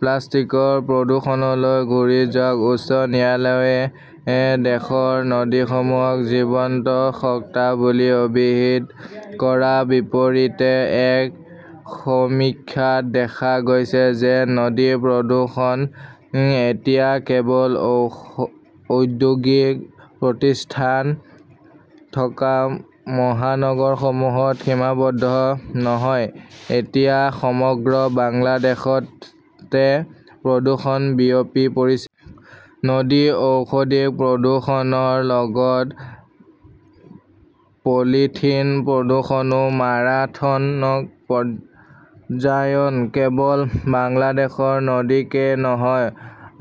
প্লাষ্টিকৰ প্ৰদূষণলৈ ঘূৰি যাওক। উচ্চ ন্যায়ালয়ে দেশৰ নদীসমূহক জীৱন্ত সত্তা বুলি অভিহিত কৰাৰ বিপৰীতে এক সমীক্ষাত দেখা গৈছে যে নদী প্ৰদূষণ এতিয়া কেৱল ঔদ্যোগিক প্ৰতিষ্ঠান থকা মহানগৰসমূহত সীমাবদ্ধ নহয়। এতিয়া সমগ্ৰ বাংলাদেশতে প্ৰদূষণ বিয়পি পৰিছে। নদী ঔষধি প্ৰদূষণৰ লগত পলিথিন প্ৰদূষণও মাৰথনক পৰ্যায়ন। কেৱল বাংলাদেশৰ নদীকেই নহয়,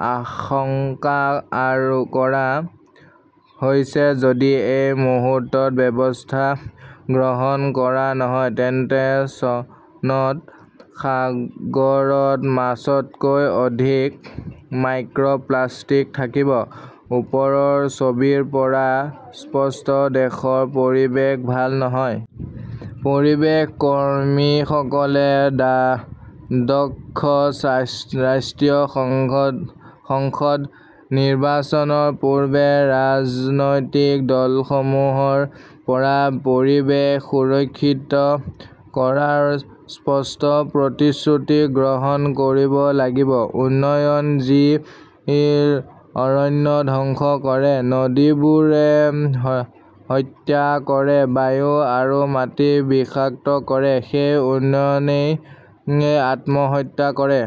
আশংকা আৰু কৰা হৈছে-যদি এই মুহূৰ্তত ব্যৱস্থা গ্ৰহণ কৰা নহয় তেন্তে চনত সাগৰত মাছতকৈ অধিক মাইক্ৰ প্লাষ্টিক থাকিব। ওপৰৰ ছবিৰ পৰা স্পষ্ট, দেশৰ পৰিৱেশ ভাল নহয়। পৰিৱেশ কৰ্মীসকলে দ্বাদক্ষ ৰা ৰাষ্ট্ৰীয় সংগদ সংসদ নিৰ্বাচনৰ পূৰ্বে ৰাজনৈতিক দলসমূহৰ পৰা পৰিৱেশ সুৰক্ষিত কৰাৰ স্পষ্ট প্ৰতিশ্ৰুতি গ্ৰহণ কৰিব লাগিব। উন্নয়ন যি অৰণ্য ধ্বংস কৰে; নদীবোৰে হত্যা কৰে; বায়ু আৰু মাটি বিষাক্ত কৰে, সেই উন্নয়নই আত্মহত্যা কৰে।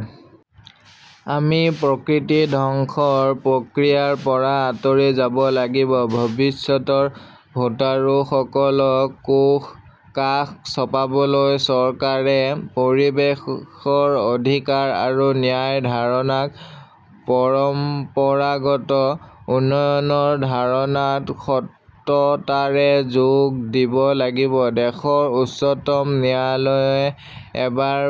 আমি প্ৰকৃতি ধ্বংসৰ প্ৰক্ৰিয়াৰ পৰা আঁতৰি যাব লাগিব। ভৱিষ্যতৰ ভোটাৰসকলক কাষ চাপিবলৈ চৰকাৰে পৰিৱেশৰ অধিকাৰ আৰু ন্যায়ৰ ধাৰণাক পৰম্পৰাগত উন্নয়নৰ ধাৰণাত সততাৰে যোগ দিব লাগিব। দেশৰ উচ্চতম ন্যায়ালয়ে এবাৰ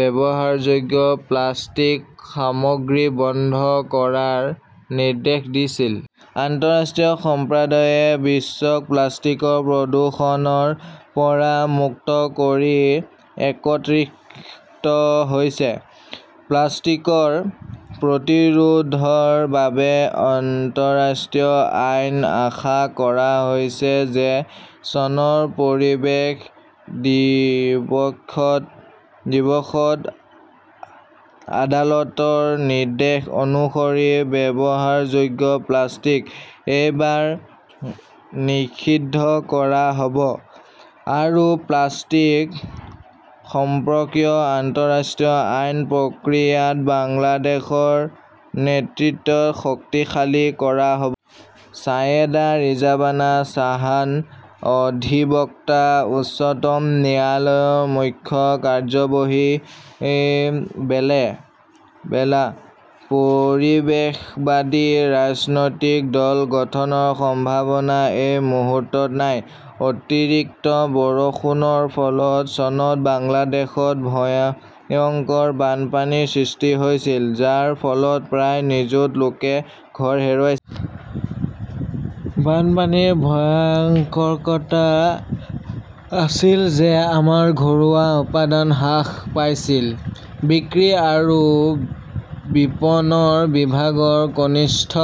ব্যৱহাৰযোগ্য প্লাষ্টিক সামগ্ৰী বন্ধ কৰাৰ নিৰ্দেশ দিছিল। আন্তঃৰাষ্ট্ৰীয় সম্প্ৰদায়ে বিশ্বক প্লাষ্টিকৰ প্ৰদূষণৰ পৰা মুক্ত কৰি একত্ৰিত হৈছে। প্লাষ্টিক প্ৰতিৰোধৰ বাবে আন্তঃৰাষ্ট্ৰীয় আইন আশা কৰা হৈছে যে চনৰ পৰিৱেশ দিৱক্ষত দিৱসত আদালতৰ নিৰ্দেশ অনুসৰি ব্যৱহাৰযোগ্য প্লাষ্টিক এইবাৰ নিষিদ্ধ কৰা হ'ব আৰু প্লাষ্টিক সম্পৰ্কীয় আন্তঃৰাষ্ট্ৰীয় আইন প্ৰক্ৰিয়াত বাংলাদেশৰ নেতৃত্ব শক্তিশালী কৰা হ'ব। ছায়েদা ৰিজৱানা ছাহানঃ অধিবক্তা, উচ্চতম ন্যায়ালয়; মুখ্য কাৰ্যবহী, বেলে বেলা। পৰিৱেশবাদী ৰাজনৈতিক দল গঠনৰ সম্ভাৱনা এই মুহূৰ্তত নাই অতিৰিক্ত বৰষুণৰ ফলত চনত বাংলাদেশত ভয়ংকৰ বানপানীৰ সৃষ্টি হৈছিল, যাৰ ফলত প্ৰায় নিযুত লোকে ঘৰ হেৰুৱাই বানপানীৰ ভয়ংকৰতা আছিল যে আমাৰ ঘৰুৱা উৎপাদন হ্ৰাস পাইছিল। বিক্ৰী আৰু বিপণন বিভাগৰ কনিষ্ঠ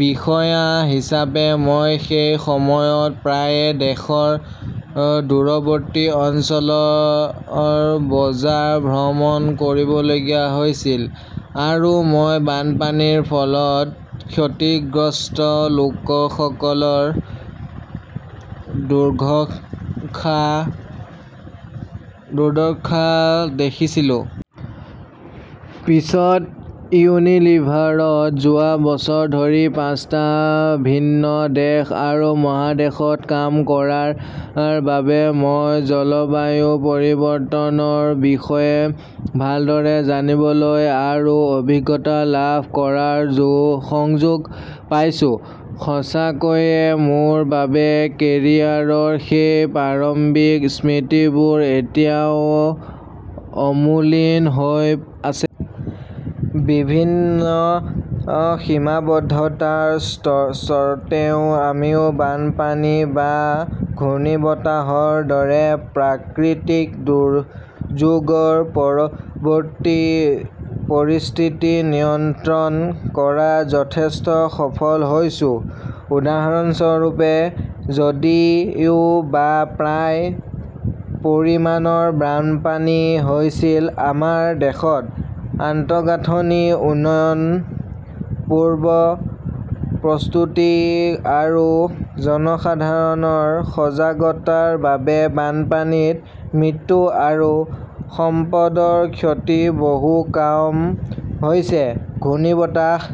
বিষয়া হিচাপে মই সেই সময়ত প্ৰায়ে দেশৰ দূৰৱৰ্তী অঞ্চলৰ বজাৰ ভ্ৰমণ কৰিবলগীয়া হৈছিল আৰু মই বানপানীৰ ফলত ক্ষতিগ্ৰস্ত লোকসকলৰ দুঘশা দুৰ্দশা দেখিছিলোঁ। পিছত ইউনিলিভাৰত যোৱা বছৰ ধৰি পাঁচটা ভিন্ন দেশ আৰু মহাদেশত কাম কৰাৰ বাবে মই জলবায়ু পৰিৱৰ্তনৰ বিষয়ে ভালদৰে জানিবলৈ আৰু অভিজ্ঞতা লাভ কৰাৰ সংযোগ পাইছো। সঁচাকৈয়ে মোৰ বাবে কেৰিয়াৰৰ সেই প্ৰাৰম্ভিক স্মৃতিবোৰ এতিয়াও অমোলিন হৈ আছে। বিভিন্ন সীমাবদ্ধতাৰ স্বত্বেও আমি বানপানী বা ঘূৰ্ণীবতাহৰ দৰে প্ৰাকৃতিক দুৰ্যোগৰ পৰৱৰ্তী পৰিস্থিতি নিয়ন্ত্ৰণ কৰাত যথেষ্ট সফল হৈছো। উদাহৰণস্বৰূপে, যদিও বা প্ৰায় পৰিমাণৰ বানপানী হৈছিল, আমাৰ দেশত আন্তঃগাঁথনি উন্নয়ন, পূৰ্ব প্ৰস্তুতি আৰু জনসাধাৰণৰ সজাগতাৰ বাবে বানপানীত মৃত্যু আৰু সম্পদৰ ক্ষতি বহু কাম হৈছে। ঘূৰ্ণীবতাহৰ